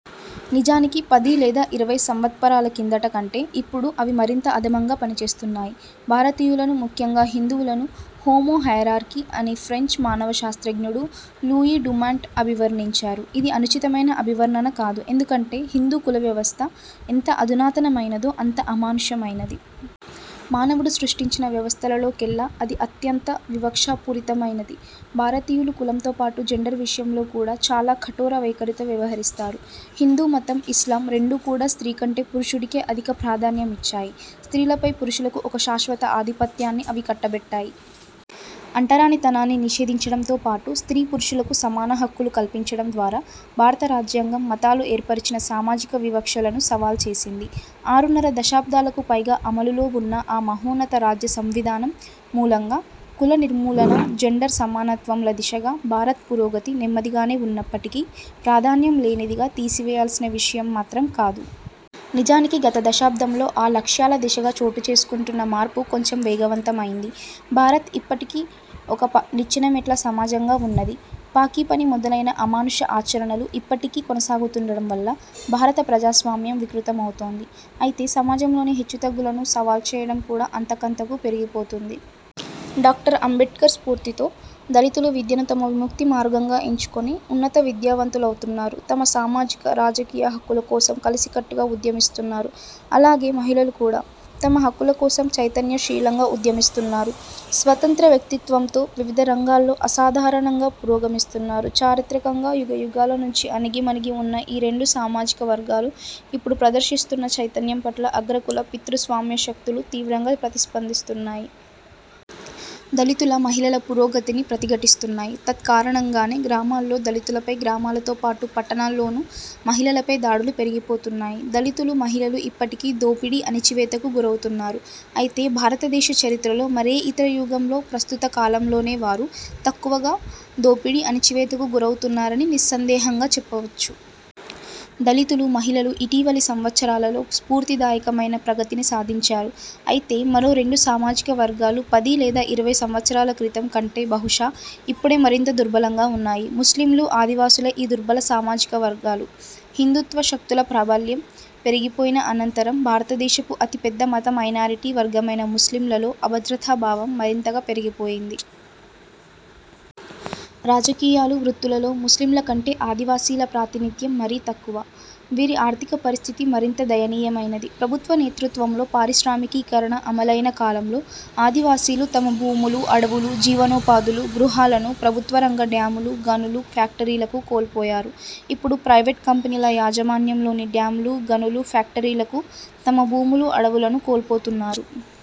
నిజానికి పది లేదా ఇరవై సంవత్పరాల కిందట కంటే ఇప్పుడు అవి మరింత అధమంగా పనిచేస్తున్నాయి. భారతీయులను, ముఖ్యంగా హిందువులను 'హోమో హయరార్కీ' అని ఫ్రెంచ్ మానవ శాస్త్రజ్ఞుడు లూయీ డుమాంట్ అభివర్ణించారు. ఇది అనుచితమైన అభివర్ణన కాదు. ఎందుకంటే హిందూ కులవ్యవస్థ ఎంత అధునాతనమైనదో అంత అమానుషమైనది. మానవుడు సృష్టించిన వ్యవస్థలలోకెల్లా అది అత్యంత వివక్షా పూరితమైనది. భారతీయులు కులంతో పాటు జెండర్ విషయంలో కూడా చాలా కఠోర వైఖరితో వ్యవహరిస్తారు. హిందూ మతం, ఇస్లాం రెండూ కూడా స్త్రీ కంటే పురుషుడికే అధిక ప్రాధాన్యమిచ్చాయి. స్త్రీలపై పురుషులకు ఒక శాశ్వత ఆధిపత్యాన్ని అవి కట్టబెట్టాయి. అంటరానితనాన్ని నిషేధించడంతో పాటు స్త్రీ పురుషులకు సమాన హక్కులు కల్పించడం ద్వారా భారత రాజ్యాంగం మతాలు ఏర్పరిచిన సామాజిక వివక్షలను సవాల్ చేసింది. ఆరున్నర దశాబ్దాలకు పైగా అమలులో వున్న ఆ మహోన్నత రాజ్య సంవిధానం మూలంగా కుల నిర్మూలన, జెండర్ సమానత్వంల దిశగా భారత్ పురోగతి నెమ్మదిగానే వున్నప్పటికీ ప్రాధాన్యం లేనిదిగా తీసివేయాల్సిన విషయం మాత్రం కాదు. నిజానికి గత దశాబ్దంలో ఆ లక్ష్యాల దిశగా చోటుచేసుకొంటున్న మార్పు కొంచెం వేగవంతమయింది. భారత్ ఇప్పటికీ ఒక నిచ్చెనమెట్ల సమాజంగా వున్నది. పాకీ పని మొదలైన అమానుష ఆచరణలు ఇప్పటికీ కొనసాగుతుండడంవల్ల భారత ప్రజాస్వామ్యం వికృతమవుతోంది. అయితే సమాజంలోని హెచ్చుతగ్గులను సవాల్చేయడం కూడా అంతకంతకూ పెరిగిపోతోంది. డాక్టర్ అంబేడ్కర్ స్ఫూర్తితో దళితులు విద్యను తమ విముక్తి మార్గంగా ఎంచుకొని ఉన్నత విద్యావంతులవుతున్నారు. తమ సామాజిక, రాజకీయ హక్కుల కోసం కలసికట్టుగా ఉద్యమిస్తున్నారు. అలాగే మహిళలు కూడా. తమ హక్కుల కోసం చైతన్యశీలంగా ఉద్యమిస్తున్నారు. స్వతంత్ర వ్యక్తిత్వంతో వివిధ రంగాల్లో అసాధారణంగా పురోగమిస్తున్నారు. చారిత్రకంగా యుగయుగాల నుంచి అణగిమణిగి వున్న ఈ రెండు సామాజిక వర్గాలు ఇప్పుడు ప్రదర్శిస్తున్న చైతన్యం పట్ల అగ్రకుల, పితృస్వామ్య శక్తులు తీవ్రంగా ప్రతిస్పందిస్తున్నాయి. దళితుల, మహిళల పురోగతిని ప్రతిఘటిస్తున్నాయి. తత్కారణంగానే గ్రామాల్లో దళితులపై, గ్రామాలతో పాటు పట్టణాల్లోనూ మహిళలపై దాడులు పెరిగిపోతున్నాయి. దళితులు, మహిళలు ఇప్పటికీ దోపిడీ, అణచివేతకు గురవుతున్నారు. అయితే భారతదేశ చరిత్రలో మరే ఇతర యుగంలో ప్రస్తుత కాలంలోనే వారు తక్కువగా దోపిడీ, అణచివేతకు గురవుతున్నారని నిస్సందేహంగా చెప్పవచ్చు. దళితులు, మహిళలు ఇటీవలి సంవత్సరాలలో స్ఫూర్తిదాయకమైన ప్రగతిని సాధించారు. అయితే మరో రెండు సామాజిక వర్గాలు పది లేదా ఇరవై సంవత్సరాల క్రితం కంటే బహుశా ఇప్పుడే మరింత దుర్భలంగా వున్నాయి. ముస్లింలు, ఆదివాసులే ఈ దుర్భల సామాజిక వర్గాలు. హిందూత్వ శక్తుల ప్రాబల్యం పెరిగిపోయిన అనంతరం భారతదేశపు అతి పెద్ద మత మైనారిటీ వర్గమైన ముస్లింలలో అభద్రతా భావం మరింతగా పెరిగిపోయింది. రాజకీయాలు, వృత్తులలో ముస్లింల కంటే ఆదివాసీల ప్రాతినిధ్యం మరీ తక్కువ. వీరి ఆర్థిక పరిస్థితి మరింత దయనీయమైనది. ప్రభుత్వ నేతృత్వంలో పారిశ్రామికీకరణ అమలయిన కాలంలో ఆదివాసీలు తమ భూములు, అడవులు, జీవనోపాధులు, గృహాలను ప్రభుత్వరంగ డ్యామ్లు, గనులు, ఫ్యాక్టరీలకు కోల్పోయారు; ఇప్పుడు ప్రైవేట్ కంపెనీల యాజమాన్యంలోని డ్యామ్లు, గనులు, ఫ్యాక్టరీలకు తమ భూములు, అడవులను కోల్పోతున్నారు.